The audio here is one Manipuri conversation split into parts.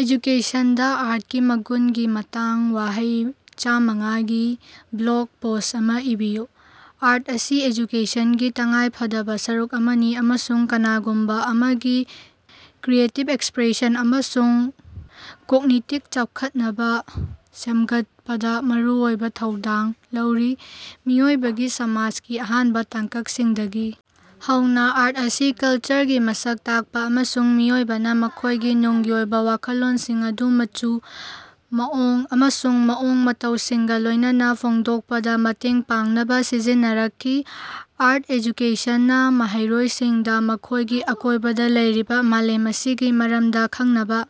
ꯑꯦꯖꯨꯀꯦꯁꯟꯗ ꯑꯥꯔꯠꯀꯤ ꯃꯒꯨꯟꯒꯤ ꯃꯇꯥꯡꯗ ꯋꯥꯍꯩ ꯆꯥꯃꯉꯥ ꯒꯤ ꯕ꯭ꯂꯣꯛ ꯄꯣꯁ ꯑꯃ ꯏꯕꯤꯌꯨ꯫ ꯑꯥꯔꯠ ꯑꯁꯤ ꯑꯦꯖꯨꯀꯦꯁꯟꯒꯤ ꯇꯉꯥꯏꯐꯗꯕ ꯁꯔꯨꯛ ꯑꯃꯅꯤ ꯑꯃꯁꯨꯡ ꯀꯅꯥꯒꯨꯝꯕ ꯑꯃꯒꯤ ꯀ꯭ꯔꯤꯌꯦꯇꯤꯞ ꯑꯦꯛꯁꯄ꯭ꯔꯦꯁꯟ ꯑꯃꯁꯨꯡ ꯀꯣꯛꯅꯤꯇꯤꯞ ꯆꯥꯎꯈꯠꯅꯕ ꯁꯦꯝꯒꯠꯄꯗ ꯃꯔꯨꯑꯣꯏꯕ ꯊꯧꯗꯥꯡ ꯂꯧꯔꯤ꯫ ꯃꯤꯑꯣꯏꯕꯒꯤ ꯁꯃꯥꯖꯀꯤ ꯑꯍꯥꯟꯕ ꯇꯥꯡꯀꯛꯁꯤꯡꯗꯒꯤ ꯍꯧꯅ ꯑꯥꯔꯠ ꯑꯁꯤ ꯀꯜꯆꯔꯒꯤ ꯃꯁꯛ ꯇꯥꯛꯄ ꯑꯃꯁꯨꯡ ꯃꯤꯑꯣꯏꯕꯅ ꯃꯈꯣꯏꯒꯤ ꯅꯨꯡꯒꯤ ꯑꯣꯏꯕ ꯋꯥꯈꯜꯂꯣꯟꯁꯤꯡ ꯑꯗꯨ ꯃꯆꯨ, ꯃꯑꯣꯡ ꯑꯃꯁꯨꯡ ꯃꯑꯣꯡ ꯃꯇꯧꯁꯤꯡꯒ ꯂꯣꯏꯅꯅ ꯐꯣꯡꯗꯣꯛꯄꯗ ꯃꯇꯦꯡ ꯄꯥꯡꯅꯕ ꯁꯤꯖꯤꯟꯅꯔꯛꯈꯤ꯫ ꯑꯥꯔꯠ ꯑꯦꯖꯨꯀꯦꯁꯟꯅ ꯃꯍꯩꯔꯣꯏꯁꯤꯡꯗ ꯃꯈꯣꯏꯒꯤ ꯑꯀꯣꯏꯕꯗ ꯂꯩꯔꯤꯕ ꯃꯥꯂꯦꯝ ꯑꯁꯤꯒꯤ ꯃꯔꯝꯗ ꯈꯪꯅꯕ,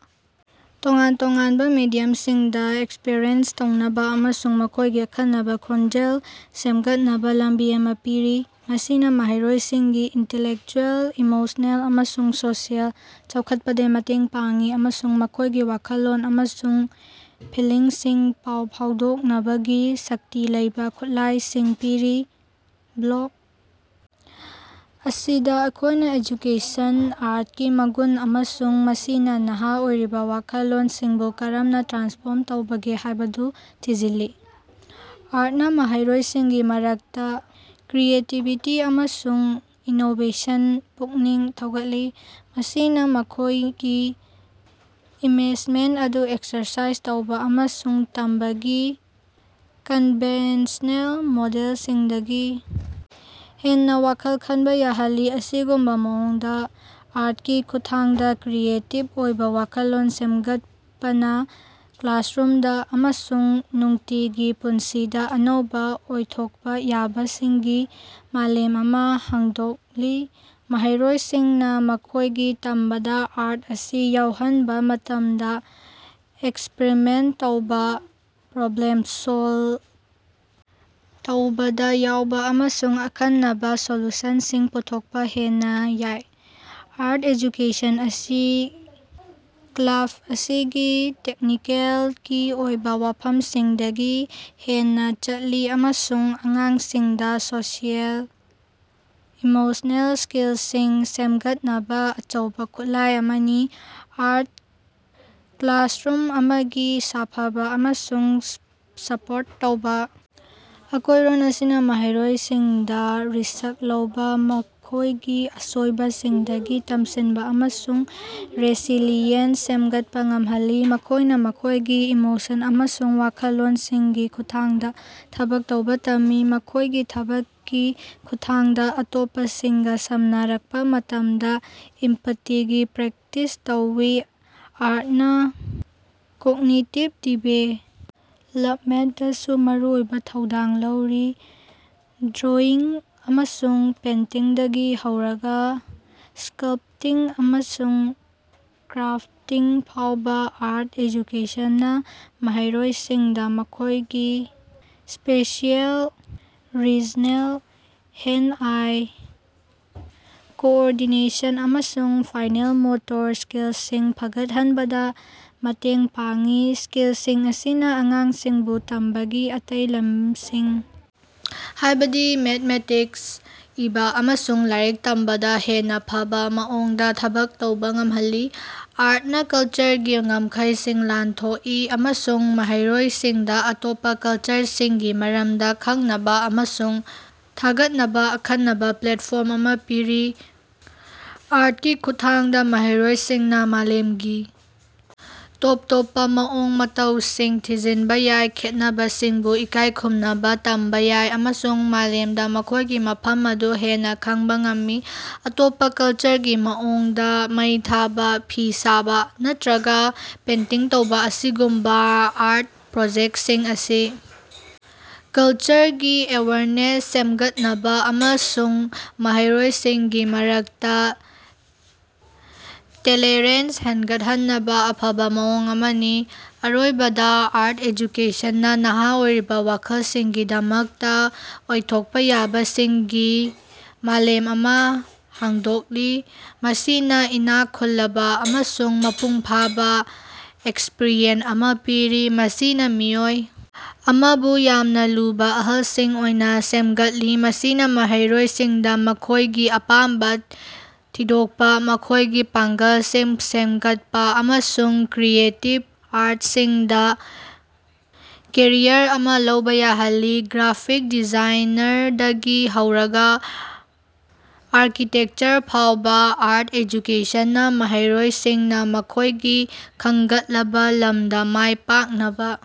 ꯇꯣꯉꯥꯟ-ꯇꯣꯉꯥꯟꯕ ꯃꯦꯗꯤꯌꯝꯁꯤꯡꯗ ꯑꯦꯛꯁꯄ꯭ꯔꯤꯃꯦꯟꯇ ꯇꯧꯅꯕ ꯑꯃꯁꯨꯡ ꯃꯈꯣꯏꯒꯤ ꯑꯈꯟꯅꯕ ꯈꯣꯟꯖꯦꯜ ꯁꯦꯝꯒꯠꯅꯕ ꯂꯝꯕꯤ ꯑꯃ ꯄꯤꯔꯤ꯫ ꯃꯁꯤꯅ ꯃꯍꯩꯔꯣꯏꯁꯤꯡꯒꯤ ꯏꯟꯇꯦꯂꯦꯛꯆꯨꯑꯦꯜ, ꯏꯃꯣꯁꯅꯦꯜ, ꯑꯃꯁꯨꯡ ꯁꯣꯁꯤꯑꯦꯜ ꯆꯥꯎꯈꯠꯄꯗ ꯃꯇꯦꯡ ꯄꯥꯡꯏ ꯑꯃꯁꯨꯡ ꯃꯈꯣꯏꯒꯤ ꯋꯥꯈꯜꯂꯣꯟ ꯑꯃꯁꯨꯡ ꯐꯤꯜꯂꯤꯡꯁꯤꯡ ꯄꯥꯎ ꯐꯥꯎꯗꯣꯛꯅꯕꯒꯤ ꯁꯛꯇꯤ ꯂꯩꯕ ꯈꯨꯠꯂꯥꯏꯁꯤꯡ ꯄꯤꯔꯤ꯫ ꯕ꯭ꯂꯣꯛ ꯑꯁꯤꯗ ꯑꯩꯈꯣꯏꯅ ꯑꯦꯖꯨꯀꯦꯁꯟ ꯑꯥꯔꯠꯀꯤ ꯃꯒꯨꯟ ꯑꯃꯁꯨꯡ ꯃꯁꯤꯅ ꯅꯍꯥ ꯑꯣꯏꯔꯤꯕ ꯋꯥꯈꯜꯂꯣꯟꯁꯤꯡꯕꯨ ꯀꯔꯝꯅ ꯇ꯭ꯔꯥꯟꯁꯐꯣꯔꯝ ꯇꯧꯕꯒꯦ ꯍꯥꯏꯕꯗꯨ ꯊꯤꯖꯤꯜꯂꯤ꯫ ꯑꯥꯔꯠꯅ ꯃꯍꯩꯔꯣꯏꯁꯤꯡꯒꯤ ꯃꯔꯛꯇ ꯀ꯭ꯔꯤꯌꯦꯇꯤꯕꯤꯇꯤ ꯑꯃꯁꯨꯡ ꯏꯅꯣꯕꯦꯁꯟ ꯄꯨꯛꯅꯤꯡ ꯊꯧꯒꯠꯂꯤ꯫ ꯃꯁꯤꯅ ꯃꯈꯣꯏꯒꯤ ꯏꯃꯦꯖꯃꯦꯟꯇ ꯑꯗꯨ ꯑꯦꯛꯁꯔꯁꯥꯏꯖ ꯇꯧꯕꯥ ꯑꯃꯁꯨꯡ ꯇꯝꯕꯒꯤ ꯀꯟꯚꯦꯟꯁꯅꯦꯜ ꯃꯣꯗꯦꯜꯁꯤꯡꯗꯒꯤ ꯍꯦꯟꯅ ꯋꯥꯈꯜ ꯈꯟꯕ ꯌꯥꯍꯜꯂꯤ꯫ ꯑꯁꯤꯒꯨꯝꯕꯥ ꯃꯑꯣꯡꯗ, ꯑꯥꯔꯠꯀꯤ ꯈꯨꯠꯊꯥꯡꯗ ꯀ꯭ꯔꯤꯌꯦꯇꯤꯞ ꯑꯣꯏꯕ ꯋꯥꯈꯜꯂꯣꯟ ꯁꯦꯝꯒꯠꯄꯅ ꯀ꯭ꯂꯥꯁꯔꯨꯝꯗ ꯑꯃꯁꯨꯡ ꯅꯨꯡꯇꯤꯒꯤ ꯄꯨꯟꯁꯤꯗ ꯑꯅꯧꯕ ꯑꯣꯏꯊꯣꯛꯄ ꯌꯥꯕꯁꯤꯡꯒꯤ ꯃꯥꯂꯦꯝ ꯑꯃ ꯍꯥꯡꯗꯣꯛꯂꯤ꯫ ꯃꯍꯩꯔꯣꯏꯁꯤꯡꯅ ꯃꯈꯣꯏꯒꯤ ꯇꯝꯕꯗ ꯑꯥꯔꯠ ꯑꯁꯤ ꯌꯥꯎꯍꯟꯕ ꯃꯇꯝꯗ ꯑꯦꯛꯁꯄ꯭ꯔꯤꯃꯦꯟꯇ ꯇꯧꯕ, ꯄ꯭ꯔꯣꯕ꯭ꯂꯦꯝ ꯁꯣꯜꯕ ꯇꯧꯕꯗ ꯌꯥꯎꯕ ꯑꯃꯁꯨꯡ ꯑꯈꯟꯅꯕ ꯁꯣꯂꯨꯁꯟꯁꯤꯡ ꯄꯨꯊꯣꯛꯄ ꯍꯦꯟꯅ ꯌꯥꯏ꯫ ꯑꯥꯔꯠ ꯑꯦꯖꯨꯀꯦꯁꯟ ꯑꯁꯤ ꯀ꯭ꯔꯥꯐ ꯑꯁꯤꯒꯤ ꯇꯦꯛꯅꯤꯀꯦꯜꯒꯤ ꯑꯣꯏꯕ ꯋꯥꯐꯝꯁꯤꯡꯗꯒꯤ ꯍꯦꯟꯅ ꯆꯠꯂꯤ ꯑꯃꯁꯨꯡ ꯑꯉꯥꯡꯁꯤꯡꯗ ꯁꯣꯁꯤꯑꯣ-ꯏꯃꯣꯁꯅꯦꯜ ꯁ꯭ꯀꯤꯜꯁꯤꯡ ꯁꯦꯝꯒꯠꯅꯕ ꯑꯆꯧꯕ ꯈꯨꯠꯂꯥꯏ ꯑꯃꯅꯤ꯫ ꯑꯥꯔꯠ ꯀ꯭ꯂꯥꯁꯔꯨꯝ ꯑꯃꯒꯤ ꯁꯥꯐꯕ ꯑꯃꯁꯨꯡ ꯁꯄꯣ꯭ꯔꯠ ꯇꯧꯕ ꯑꯀꯣꯏꯔꯣꯟ ꯑꯁꯤꯅ ꯃꯍꯩꯔꯣꯏꯁꯤꯡꯗ ꯔꯤꯁ꯭ꯛ ꯂꯧꯕ, ꯃꯈꯣꯏꯒꯤ ꯑꯁꯣꯏꯕꯁꯤꯡꯗꯒꯤ ꯇꯝꯁꯤꯟꯕ ꯑꯃꯁꯨꯡ ꯔꯦꯁꯤꯂꯤꯌꯦꯟꯁ ꯁꯦꯝꯒꯠꯄ ꯉꯝꯍꯜꯂꯤ꯫ ꯃꯈꯣꯢꯅ ꯃꯈꯣꯏꯒꯤ ꯏꯃꯣꯁꯟ ꯑꯃꯁꯨꯡ ꯋꯥꯈꯜꯂꯣꯟꯁꯤꯡꯒꯤ ꯈꯨꯠꯊꯥꯡꯗ ꯊꯕꯛ ꯇꯧꯕ ꯇꯝꯃꯤ, ꯃꯈꯣꯏꯒꯤ ꯊꯕꯛꯀꯤ ꯈꯨꯠꯊꯥꯡꯗ ꯑꯇꯣꯞꯄꯁꯤꯡꯒ ꯁꯝꯅꯔꯛꯄ ꯃꯇꯝꯗ ꯏꯝꯄꯥꯇꯤꯒꯤ ꯄ꯭ꯔꯦꯛꯇꯤꯁ ꯇꯧꯏ꯫ ꯑꯥꯔꯠꯅ ꯀꯣꯒꯅꯤꯇꯤꯚ ꯗꯤꯚꯦ ꯂꯞꯃꯦꯟꯠꯗꯁꯨ ꯃꯔꯨꯑꯣꯏꯕ ꯊꯧꯗꯥꯡ ꯂꯧꯔꯤ꯫ ꯗ꯭ꯔꯣꯏꯪ ꯑꯃꯁꯨꯡ ꯄꯦꯟꯇꯤꯡꯗꯒꯤ ꯍꯧꯔꯒ ꯁ꯭ꯀꯜꯞꯇꯤꯡ ꯑꯃꯁꯨꯡ ꯀ꯭ꯔꯥꯞꯇꯤꯡ ꯐꯥꯎꯕ, ꯑꯥꯔꯠ ꯑꯦꯖꯨꯀꯦꯁꯟꯅ ꯃꯍꯩꯔꯣꯏꯁꯤꯡꯗ ꯃꯈꯣꯏꯒꯤ ꯁ꯭ꯄꯦꯁꯤꯑꯦꯜ ꯔꯤꯖꯅꯦꯜ, ꯍꯦꯟ-ꯑꯥꯏ ꯀꯣꯑꯣꯔꯗꯤꯅꯦꯁꯟ, ꯑꯃꯁꯨꯡ ꯐꯥꯏꯅꯦꯜ ꯃꯣꯇꯣꯔ ꯁ꯭ꯀꯤꯜꯁꯤꯡ ꯐꯒꯠꯍꯟꯕꯗ ꯃꯇꯦꯡ ꯄꯥꯡꯏ꯫ ꯁ꯭ꯀꯤꯜꯁꯤꯡ ꯑꯁꯤꯅ ꯑꯉꯥꯡꯁꯤꯡꯕꯨ ꯇꯝꯕꯒꯤ ꯑꯇꯩ ꯂꯝꯁꯤꯡ ꯍꯥꯏꯕꯗꯤ ꯃꯦꯊꯃꯦꯇꯤꯛꯁ, ꯏꯕ, ꯑꯃꯁꯨꯡ ꯂꯥꯏꯔꯤꯛ ꯇꯝꯕꯗ ꯍꯦꯟꯅ ꯐꯕ ꯃꯑꯣꯡꯗ ꯊꯕꯛ ꯇꯧꯕ ꯉꯝꯍꯜꯂꯤ꯫ ꯑꯥꯔꯠꯅ ꯀꯜꯆꯔꯒꯤ ꯉꯝꯈꯩꯁꯤꯡ ꯂꯥꯟꯊꯣꯛꯏ ꯑꯃꯁꯨꯡ ꯃꯍꯩꯔꯣꯏꯁꯤꯡꯗ ꯑꯇꯣꯞꯄ ꯀꯜꯆꯔꯁꯤꯡꯒꯤ ꯃꯔꯝꯗ ꯈꯪꯅꯕ ꯑꯃꯁꯨꯡ ꯊꯥꯒꯠꯅꯕ ꯑꯈꯟꯅꯕ ꯄ꯭ꯂꯦꯠꯐꯣ ꯔꯝ ꯑꯃ ꯄꯤꯔꯤ꯫ ꯑꯥꯔꯠꯀꯤ ꯈꯨꯠꯊꯥꯡꯗ ꯃꯍꯩꯔꯣꯏꯁꯤꯡꯅ ꯃꯥꯂꯦꯝꯒꯤ ꯇꯣꯞ ꯇꯣꯞꯄ ꯃꯑꯣꯡ ꯃꯇꯧꯁꯤꯡ ꯊꯤꯖꯤꯟꯕ ꯌꯥꯏ, ꯈꯦꯠꯅꯕꯁꯤꯡꯕꯨ ꯏꯀꯥꯏ ꯈꯨꯝꯅꯕ ꯇꯝꯕ ꯌꯥꯏ ꯑꯃꯁꯨꯡ ꯃꯥꯂꯦꯝꯗ ꯃꯈꯣꯏꯒꯤ ꯃꯐꯝ ꯑꯗꯨ ꯍꯦꯟꯅ ꯈꯪꯕ ꯉꯝꯃꯤ꯫ ꯑꯇꯣꯞꯄ ꯀꯜꯆꯔꯒꯤ ꯃꯑꯣꯡꯗ ꯃꯩ ꯊꯥꯕ, ꯐꯤ ꯁꯥꯕ, ꯅꯠꯇ꯭ꯔꯒ ꯄꯦꯟꯇꯤꯡ ꯇꯧꯕ ꯑꯁꯤꯒꯨꯝꯕ ꯑꯥꯔꯠ ꯄ꯭ꯔꯣꯖꯦꯛꯁꯤꯡ ꯑꯁꯤ ꯀꯜꯆꯔꯒꯤ ꯑꯦꯋꯦꯌꯔꯅꯦꯁ ꯁꯦꯝꯒꯠꯅꯕ ꯑꯃꯁꯨꯡ ꯃꯍꯩꯔꯣꯏꯁꯤꯡꯒꯤ ꯃꯔꯛꯇ ꯇꯦꯂꯦꯔꯦꯟꯁ ꯍꯦꯟꯒꯠꯍꯟꯅꯕ ꯑꯐꯕ ꯃꯑꯣꯡ ꯑꯃꯅꯤ꯫ ꯑꯔꯣꯏꯕꯗ, ꯑꯥꯔꯠ ꯑꯦꯖꯨꯀꯦꯁꯟꯅ ꯅꯍꯥ ꯑꯣꯏꯔꯤꯕ ꯋꯥꯈꯜꯁꯤꯡꯒꯤꯗꯃꯛꯇ ꯑꯣꯏꯊꯣꯛꯄ ꯌꯥꯕꯁꯤꯡꯒꯤ ꯃꯥꯂꯦꯝ ꯑꯃ ꯍꯥꯡꯗꯣꯛꯂꯤ꯫ ꯃꯁꯤꯅ ꯏꯅꯥꯛ ꯈꯨꯜꯂꯕ ꯑꯃꯁꯨꯡ ꯃꯄꯨꯡ ꯐꯥꯕ ꯑꯦꯛꯁꯄꯔꯤꯌꯦꯟꯁ ꯑꯃ ꯄꯤꯔꯤ, ꯃꯁꯤꯅ ꯃꯤꯑꯣꯏ ꯑꯃꯕꯨ ꯌꯥꯝꯅ ꯂꯨꯕ ꯑꯍꯜꯁꯤꯡ ꯑꯣꯏꯅ ꯁꯦꯝꯒꯠꯂꯤ꯫ ꯃꯁꯤꯅ ꯃꯍꯩꯔꯣꯏꯁꯤꯡꯗ ꯃꯈꯣꯏꯒꯤ ꯑꯄꯥꯝꯕ ꯊꯤꯗꯣꯛꯄ, ꯃꯈꯣꯏꯒꯤ ꯄꯥꯡꯒꯜꯁꯤꯡ ꯁꯦꯝꯒꯠꯄ ꯑꯃꯁꯨꯡ ꯀ꯭ꯔꯤꯌꯦꯇꯤꯞ ꯑꯥꯔꯠꯁꯤꯡꯗ ꯀꯦꯔꯤꯌꯔ ꯑꯃ ꯂꯧꯕ ꯌꯥꯍꯜꯂꯤ꯫ ꯒ꯭ꯔꯥꯐꯤꯛ ꯗꯤꯖꯥꯏꯅꯔꯗꯒꯤ ꯍꯧꯔꯒ ꯑꯥꯔꯀꯤꯇꯦꯛꯆꯔ ꯐꯥꯎꯕ, ꯑꯥꯔꯠ ꯑꯦꯖꯨꯀꯦꯁꯟꯅ ꯃꯍꯩꯔꯣꯏꯁꯤꯡꯅ ꯃꯈꯣꯏꯅ ꯈꯟꯒꯠꯂꯕ ꯂꯝꯗ ꯃꯥꯏꯄꯥꯛꯅꯕ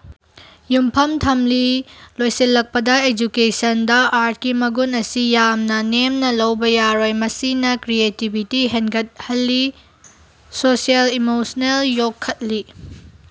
ꯌꯨꯝꯐꯝ ꯊꯝꯂꯤ꯫ ꯂꯣꯏꯁꯤꯜꯂꯛꯄꯗ, ꯑꯦꯖꯨꯀꯦꯁꯟꯗ ꯑꯥꯔꯠꯀꯤ ꯃꯒꯨꯟ ꯑꯁꯤ ꯌꯥꯝꯅ ꯅꯦꯝꯅ ꯂꯧꯕ ꯌꯥꯔꯣꯏ꯫ ꯃꯁꯤꯅ ꯀ꯭ꯔꯤꯌꯦꯇꯤꯕꯤꯇꯤ ꯍꯦꯅꯒꯠꯍꯜꯂꯤ, ꯁꯣꯁꯤꯑꯣ-ꯏꯃꯣꯁꯅꯦꯜ ꯌꯣꯛꯈꯠꯂꯤ꯫